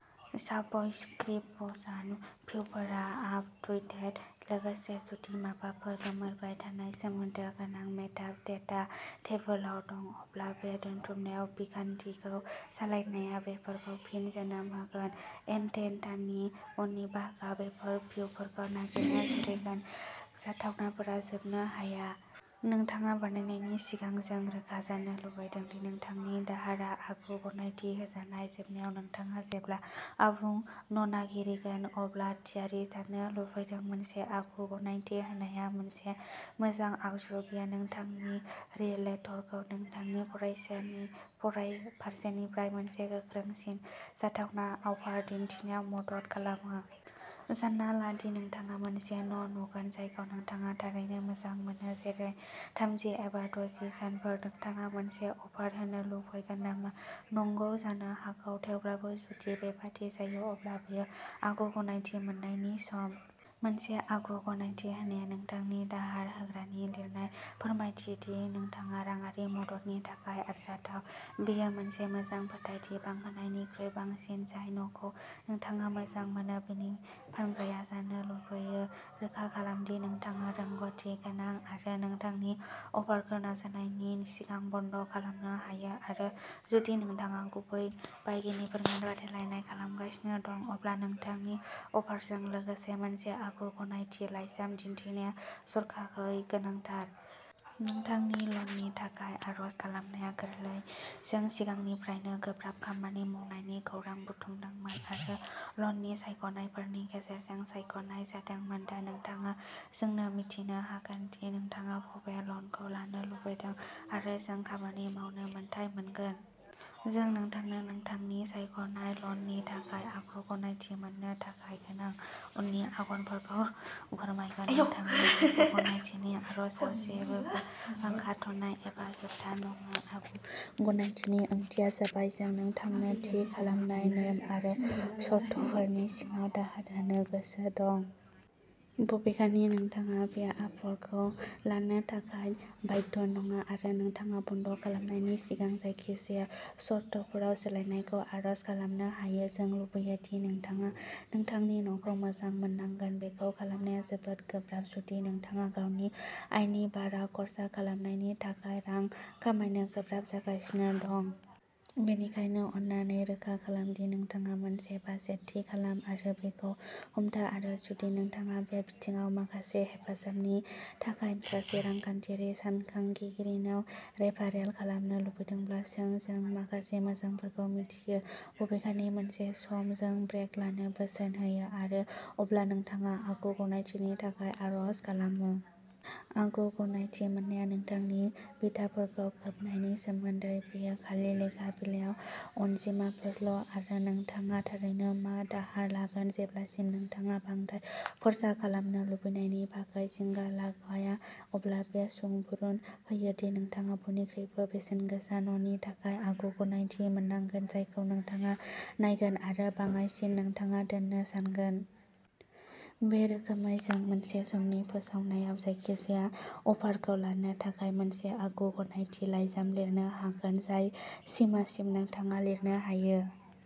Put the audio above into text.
Subscription भिउफोरा up to date. लोगोसे जुदि माबाफोर गोमोरबाय नाथाय सोमोन्दो गोनां मेटा डेटा टेबोलाव दं। अब्ला बे दोनथुमनाय बिखान्थिखौ सालायनाया बेफोरखौ फिन जोनोम होगोन। एजेन्डानि उननि बाहागोआ बेफोर भिउफोरखौ नागिरनो जुरिगोन जाथावनाफोरा जोबनो हाया। नोंथाङा बायनायनि सिगां, जों रोखा जानो लुबैदों दि नोंथांनि दाहारआ आगु गनायथि होजानाय। जोबनायाव, नोंथाङा जेब्ला आबुं न'नागिरगोन अब्ला थियारि थानो लुबैदों। मोनसे आगु-गनायथि होनाया मोनसे मोजां आगजु बेयो नोंथांनि रियेलट'रखौ नोंथांनि फारसेनिफ्राय मोनसे गोख्रोंसिन जाथावना अफार दिनथिनायाव मदद खालामो। सानना ला दि नोंथाङा मोनसे न' नुगोन जायखौ नोंथाङा थारैनो मोजां मोनो, जेरै, थामजि एबा द'जि सानफोर। नोंथाङा मोनसे अफार होनो लुबैगोन नामा? नंगौ? जानो हागौ, थेवब्लाबो? जुदि बेबादि जायो, अब्ला बेयो आगु गनायथि मोननायनि सम। मोनसे आगु गनायथि होनाया नोंथांनि दाहार होग्रानि लिरनाय फोरमायथि दि नोंथाङा राङारि मददनि थाखाय आरजाथाव। बेयो मोनसे मोजां फोथायथि बांहोनायनिख्रुइ बांसिन। जाय न'खौ नोंथाङा मोजां मोनो, बिनि फानग्राया जानो लुबैयो। रोखा खालाम दि नोंथाङा रोंग'थि गोनां आरो नोंथांनि अफारखौ नाजावनायनि सिगां बन्द' खालामनो हायो आरो जुदि नोंथाङा गुबुन बायगिरिफोरजों बादायनाय खालामगासिनो दं, अब्ला नोंथांनि अफारजों लोगोसे मोनसे आगु गनायथि लाइजाम दिन्थिनाया जर'खायै गोनांथार। नोंथांनि लननि थाखाय आर'ज खालामनाया गोरलै। जों सिगांनिफ्रायनो गोब्राब खामानि मावनायनि खौरां बुथुमदोंमोन आरो ल'ननि सायख'नायफोरनि गेजेरजों सायख'नाय जादोंमोन। दा नोंथाङा जोंनो मिथिनो हागोन दि नोंथाङा बबे ल'नखौ लानो लुबैदों आरो जों खामानि मावनो मोन्थाइ मोनगोन। जों नोंथांनो नोंथांनि सायख'नाय ल'ननि थाखाय आगु गनायथि मोननो थाखाय गोनां उननि आगानफोरखौ फोरमायगोन। नोंथांनि आगु गनायथिनि आर'जआव जेबोबो खाथायनाय एबा जोबथा नङा। आगु गनायथिनि ओंथिया जाबाय जों नोंथांनो थि खालामनाय नेम आरो सर्तफोरनि सिङाव दाहार होनो गोसो दं। बबेखानि, नोंथाङा बे अफारखौ लानो थाखाय बाध्य नङा आरो नोंथाङा बन्द' खालामनायनि सिगां जायखिजाया सर्तफोराव सोलायनायखौ आर'ज खालामनो हायो। जों लुबैयो दि नोंथाङा नोंथांनि न'खौ मोजां मोननांगोन। बेखौ खालामनाया जोबोद गोब्राब जुदि नोंथाङा गावनि आयनि बारा खर्सा खालामनायनि थाखाय रां खामायनो गोब्राब जागासिनो दं। बेनिखायनो, अन्नानै, रोखा खालाम दि नोंथाङा मोनसे बाजेट थि खालाम आरो बेखौ हमथा आरो जुदि नोंथाङा बे बिथिङाव माखासे हेफाजाबनि थाखाय सासे रांखान्थियारि सानथांखिगिरिनाव रेफारेल खालामनो लुबैदोंब्ला, सों। जों माखासे मोजांफोरखौ मिथियो। बबेखानि, मोनसे सम जों ब्रेक लानो बोसोन होयो आरो अब्ला नोंथाङा आगु गनायथिनि थाखाय आर'ज खालामो। आगु गनायथि मोननाया नोंथांनि बिथाफोरखौ खोबनायनि सोमोन्दै। बेयो खालि लेखा बिलायाव अनजिमाफोरल' आरो नोंथाङा थारैनो मा दाहार लागोन। जेब्लासिम नोंथाङा बांद्राय खर्सा खालामनो लुबैनायनि बागै जिंगा लाया, अब्ला जों सुबुरुन होयो दि नोंथाङा बयनिख्रुइबो बेसेनगोसा न'नि थाखाय आगु गनायथि मोननांगोन जायखौ नोंथाङा नायगोन आरो बाङाइसिन नोंथाङा दोन्नो सानगोन। बे रोखोमै, जों मोनसे समनि फोसावनायाव, जायखिजाया अफारखौ लानो थाखाय मोनसे आगु गनायथि लाइजाम लिरनो हागोन, जाय सिमासिम नोंथाङा लिरनो हायो।